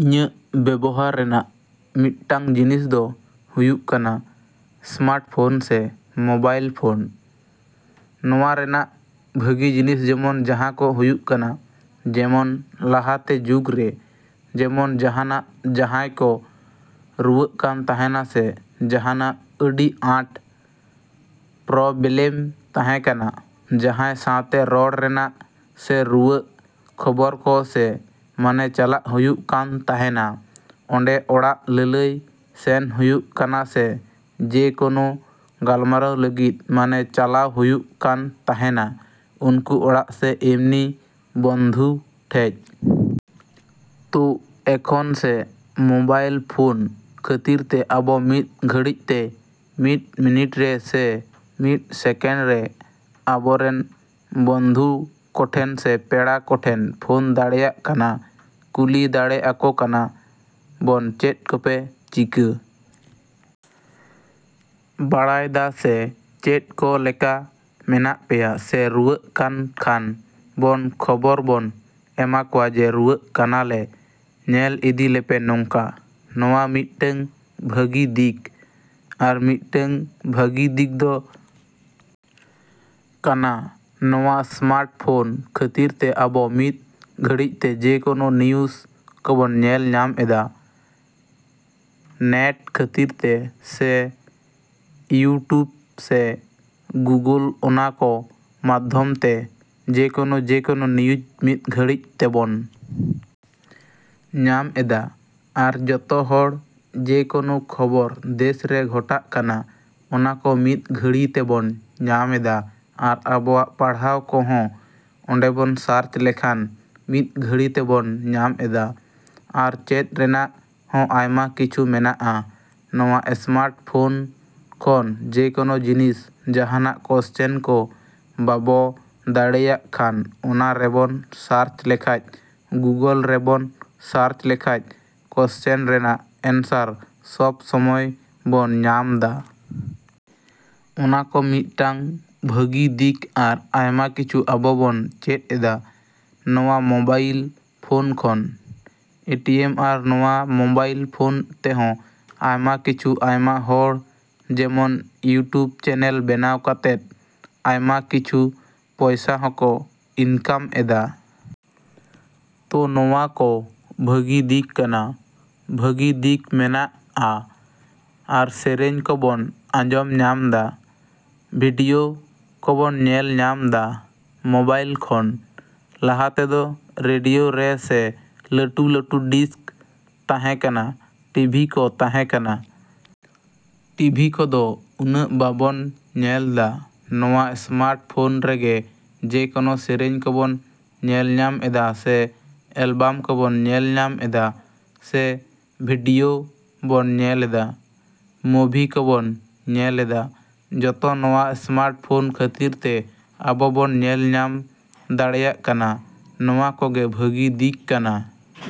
‎ᱤᱧᱟᱹᱜ ᱵᱮᱵᱚᱦᱟᱨ ᱨᱮᱱᱟᱜ ᱢᱤᱫᱴᱟᱝ ᱡᱤᱱᱤᱥ ᱫᱚ ᱦᱩᱭᱩᱜ ᱠᱟᱱᱟ ᱥᱢᱟᱨᱴᱯᱷᱳᱱ ᱥᱮ ᱢᱳᱵᱟᱭᱤᱞ ᱯᱷᱳᱱ᱾ ᱱᱚᱣᱟ ᱨᱮᱱᱟᱜ ᱵᱷᱟᱹᱜᱤ ᱡᱤᱱᱤᱥ ᱡᱮᱢᱚᱱ ᱡᱟᱦᱟᱸ ᱠᱚ ᱦᱩᱭᱩᱜ ᱠᱟᱱᱟ, ᱡᱮᱢᱚᱱ ᱞᱟᱦᱟᱛᱮ ᱡᱩᱜᱽᱨᱮ ᱡᱮᱢᱚᱱ ᱡᱟᱦᱟᱸᱱᱟᱜ ᱡᱟᱦᱟᱸᱭ ᱠᱚ ᱨᱩᱣᱟᱹᱜ ᱠᱟᱱ ᱛᱟᱦᱮᱸᱱᱟ ᱥᱮ ᱡᱟᱦᱟᱸᱱᱟᱜ ᱟᱹᱰᱤ ᱟᱸᱴ ᱯᱨᱚᱵᱮᱞᱮᱢ ᱛᱟᱸᱦᱮ ᱠᱟᱱᱟ, ᱡᱟᱸᱦᱟᱭ ᱥᱟᱣᱛᱮ ᱨᱚᱲ ᱨᱮᱱᱟᱜ ᱥᱮ ᱨᱩᱣᱟᱹᱜ ᱠᱷᱚᱵᱚᱨ ᱠᱚ ᱥᱮ ᱢᱟᱱᱮ ᱪᱟᱞᱟᱜ ᱦᱩᱭᱩᱜ ᱠᱟᱱ ᱛᱟᱸᱦᱮᱱᱟ ᱚᱸᱰᱮ ᱚᱲᱟᱜ ᱞᱟᱹᱞᱟᱹᱭ ᱥᱮᱱ ᱦᱩᱭᱩᱜ ᱠᱟᱱᱟ ᱥᱮ ᱡᱮᱠᱳᱱᱳ ᱜᱟᱞᱢᱟᱨᱟᱣ ᱞᱟᱹᱜᱤᱫ ᱢᱟᱱᱮ ᱪᱟᱞᱟᱣ ᱦᱩᱭᱩᱜ ᱠᱟᱱ ᱛᱟᱦᱮᱸᱱᱟ ᱩᱱᱠᱩ ᱚᱲᱟᱜ ᱥᱮ ᱮᱢᱱᱤ ᱵᱚᱱᱫᱷᱩ ᱴᱷᱮᱡ᱾ ᱛᱳ ᱮᱠᱷᱚᱱ ᱥᱮ ᱢᱳᱵᱟᱭᱤᱞ ᱯᱷᱳᱱ ᱠᱷᱟᱹᱛᱤᱨ ᱛᱮ ᱟᱵᱚ ᱢᱤᱫ ᱜᱷᱟᱹᱲᱤᱡᱛᱮ ᱢᱤᱫ ᱢᱤᱱᱤᱴ ᱨᱮ ᱥᱮ ᱢᱤᱫ ᱥᱮᱠᱮᱱᱰ ᱨᱮ ᱟᱵᱚ ᱨᱮᱱ ᱵᱚᱱᱫᱷᱩ ᱠᱚᱴᱷᱮᱱ ᱥᱮ ᱯᱮᱲᱟ ᱠᱚᱴᱷᱮᱱ ᱯᱷᱳᱱ ᱫᱟᱲᱮᱭᱟᱜ ᱠᱟᱱᱟ, ᱠᱩᱞᱤ ᱫᱟᱲᱮ ᱟᱠᱚ ᱠᱟᱱᱟ ᱵᱚᱱ ᱪᱮᱫ ᱠᱚᱯᱮ ᱪᱤᱠᱟ. ᱵᱟᱲᱟᱭ ᱫᱟ ᱥᱮ ᱪᱮᱫ ᱠᱚ ᱞᱮᱠᱟ ᱢᱮᱱᱟᱜ ᱯᱮᱭᱟ ᱥᱮ ᱨᱩᱣᱟᱹᱜ ᱠᱟᱱ ᱠᱷᱟᱱ ᱵᱚᱱ ᱠᱷᱚᱵᱚᱨ ᱵᱚᱱ ᱮᱢᱟ ᱠᱚᱣᱟ ᱡᱮ ᱨᱩᱣᱟᱹᱜ ᱠᱟᱱᱟᱞᱮ ᱧᱮᱞ ᱤᱫᱤ ᱞᱮᱯᱮ ᱱᱚᱝᱠᱟ᱾ ᱱᱚᱣᱟ ᱢᱤᱫᱴᱟᱹᱝ ᱵᱷᱟᱹᱜᱤ ᱫᱤᱠ᱾ ᱟᱨ ᱢᱤᱫᱴᱟᱹᱝ ᱵᱷᱟᱹᱜᱤ ᱫᱤᱠ ᱫᱚ ᱠᱟᱱᱟ ᱱᱚᱣᱟ ᱥᱢᱟᱨᱴ ᱯᱷᱳᱱ ᱠᱷᱟᱹᱛᱤᱨ ᱛᱮ ᱟᱵᱚ ᱢᱤᱫᱽ ᱜᱷᱟᱹᱲᱤᱛᱮ ᱡᱮ ᱠᱳᱱᱳ ᱱᱤᱭᱩᱥ ᱠᱚᱵᱚᱱ ᱧᱮᱞ ᱧᱟᱢ ᱮᱫᱟ ᱱᱮᱴ ᱠᱷᱟᱹᱛᱤᱨ ᱛᱮ ᱥᱮ ᱤᱭᱩᱴᱩᱵ ᱥᱮ ᱜᱩᱜᱳᱞ ᱚᱱᱟ ᱠᱚ ᱢᱟᱫᱽᱫᱷᱚᱢ ᱛᱮ ᱡᱮᱠᱳᱱᱳ ᱡᱮᱠᱳᱱᱳ ᱱᱤᱭᱩᱡ ᱢᱤᱫ ᱜᱷᱟᱹᱲᱤᱡ ᱛᱮᱵᱚᱱ ᱧᱟᱢ ᱮᱫᱟ ᱟᱨ ᱡᱚᱛᱚ ᱦᱚᱲ ᱡᱮᱠᱳᱱᱳ ᱠᱷᱚᱵᱚᱨ ᱫᱮᱥᱨᱮ ᱜᱷᱚᱴᱟᱜ ᱠᱟᱱᱟ ᱚᱱᱟ ᱠᱚ ᱢᱤᱫ ᱜᱷᱟᱹᱲᱤ ᱛᱮᱵᱚᱱ ᱧᱟᱢᱮᱫᱟ ᱟᱨ ᱟᱵᱚᱣᱟᱜ ᱯᱟᱲᱦᱟᱣ ᱠᱚᱦᱚᱸ ᱚᱸᱰᱮ ᱵᱚᱱ ᱥᱟᱨᱪ ᱞᱮᱠᱷᱟᱱ ᱢᱤᱫ ᱜᱷᱟᱹᱲᱤ ᱛᱮᱵᱚᱱ ᱧᱟᱢ ᱮᱫᱟ ᱟᱨ ᱪᱮᱫ ᱨᱮᱱᱟᱜ ᱦᱚᱸ ᱟᱭᱢᱟ ᱠᱤᱪᱷᱩ ᱢᱮᱱᱟᱜᱼᱟ ᱱᱚᱣᱟ ᱮᱥᱢᱟᱨᱴ ᱯᱷᱳᱱ ᱠᱷᱚᱱ ᱡᱮ ᱠᱳᱱᱳ ᱡᱤᱱᱤᱥ ᱡᱟᱦᱟᱸᱱᱟᱜ ᱠᱚᱥᱪᱮᱱ ᱠᱚ ᱵᱟᱵᱚ ᱫᱟᱲᱮᱭᱟᱜ ᱠᱷᱟᱱ ᱚᱱᱟ ᱨᱮᱵᱚᱱ ᱥᱟᱨᱪ ᱞᱮᱠᱷᱟᱡ ᱜᱩᱜᱳᱞ ᱨᱮᱵᱚᱱ ᱥᱟᱨᱪ ᱞᱮᱠᱷᱟᱡ ᱠᱚᱥᱪᱮᱱ ᱨᱮᱱᱟᱜ ᱮᱱᱥᱟᱨ ᱥᱚᱵ ᱥᱚᱢᱚᱭ ᱵᱚᱱ ᱧᱟᱢᱫᱟ᱾ ᱚᱱᱟ ᱠᱚ ᱢᱤᱫᱴᱟᱝ ᱵᱷᱟᱹᱜᱤ ᱫᱤᱠ ᱟᱨ ᱟᱭᱢᱟ ᱠᱤᱪᱷᱩ ᱟᱵᱚ ᱵᱚᱱ ᱪᱮᱫ ᱮᱫᱟ ᱱᱚᱣᱟ ᱢᱳᱵᱟᱭᱤᱞ ᱯᱷᱳᱱ ᱠᱷᱚᱱ᱾ ᱮᱴᱤᱭᱮᱢ ᱟᱨ ᱱᱚᱣᱟ ᱢᱳᱵᱟᱭᱤᱞ ᱯᱷᱳᱱ ᱛᱮᱦᱚᱸ ᱟᱭᱢᱟ ᱠᱤᱪᱷᱩ ᱟᱭᱢᱟ ᱦᱚᱲ ᱡᱮᱢᱚᱱ ᱤᱭᱩᱴᱩᱵᱽ ᱪᱮᱱᱮᱞ ᱵᱮᱱᱟᱣ ᱠᱟᱛᱮᱫ ᱟᱭᱢᱟ ᱠᱤᱪᱷᱩ ᱯᱚᱭᱥᱟ ᱦᱚᱸᱠᱚ ᱤᱱᱠᱟᱢ ᱮᱫᱟ᱾ ᱛᱳ ᱱᱚᱣᱟ ᱠᱚ ᱵᱷᱟᱹᱜᱤ ᱫᱤᱠ ᱠᱟᱱᱟ, ᱵᱷᱟᱹᱜᱤ ᱫᱤᱠ ᱢᱮᱱᱟᱜᱼᱟ᱾ ᱟᱨ ᱥᱮᱨᱮᱧ ᱠᱚᱵᱚᱱ ᱟᱸᱡᱚᱢ ᱧᱟᱢᱫᱟ, ᱵᱷᱤᱰᱭᱳ ᱠᱚᱵᱚᱱ ᱧᱮᱞ ᱧᱟᱢ ᱫᱟ ᱢᱳᱵᱟᱭᱤᱞ ᱠᱷᱚᱱ᱾ ᱞᱟᱦᱟ ᱛᱮᱫᱚ ᱨᱮᱰᱤᱭᱳ ᱨᱮ ᱥᱮ ᱞᱟᱹᱴᱩ ᱞᱟᱹᱴᱩ ᱰᱤᱥᱠ ᱛᱟᱸᱦᱮ ᱠᱟᱱᱟ, ᱴᱤᱵᱷᱤ ᱠᱚ ᱛᱟᱸᱦᱮ ᱠᱟᱱᱟ᱾ ᱴᱤᱵᱷᱤ ᱠᱚᱫᱚ ᱩᱱᱟᱹᱜ ᱵᱟᱵᱚᱱ ᱧᱮᱞᱫᱟ᱾ ᱱᱚᱣᱟ ᱥᱢᱟᱨᱴ ᱯᱷᱳᱱ ᱨᱮᱜᱮ ᱡᱮᱠᱳᱱᱳ ᱥᱮᱨᱮᱧ ᱠᱚᱵᱚᱱ ᱧᱮᱞ ᱧᱟᱢ ᱮᱫᱟ ᱥᱮ ᱮᱞᱵᱟᱢ ᱠᱚᱵᱚᱱ ᱧᱮᱞ ᱧᱟᱢ ᱮᱫᱟ ᱥᱮ ᱵᱷᱤᱰᱭᱳ ᱵᱚᱱ ᱧᱮᱞᱮᱫᱟ, ᱢᱳᱵᱷᱤ ᱠᱚᱵᱚᱱ ᱧᱮᱞᱮᱫᱟ᱾ ᱡᱚᱛᱚ ᱱᱚᱣᱟ ᱥᱢᱟᱨᱴ ᱯᱷᱳᱱ ᱠᱷᱟᱹᱛᱤᱨ ᱛᱮ ᱟᱵᱚ ᱵᱚᱱ ᱧᱮᱞ ᱧᱟᱢ ᱫᱟᱲᱮᱭᱟᱜ ᱠᱟᱱᱟ᱾ ᱱᱚᱣᱟ ᱠᱚᱜᱮ ᱵᱷᱟᱹᱜᱤ ᱫᱤᱠ ᱠᱟᱱᱟ᱾।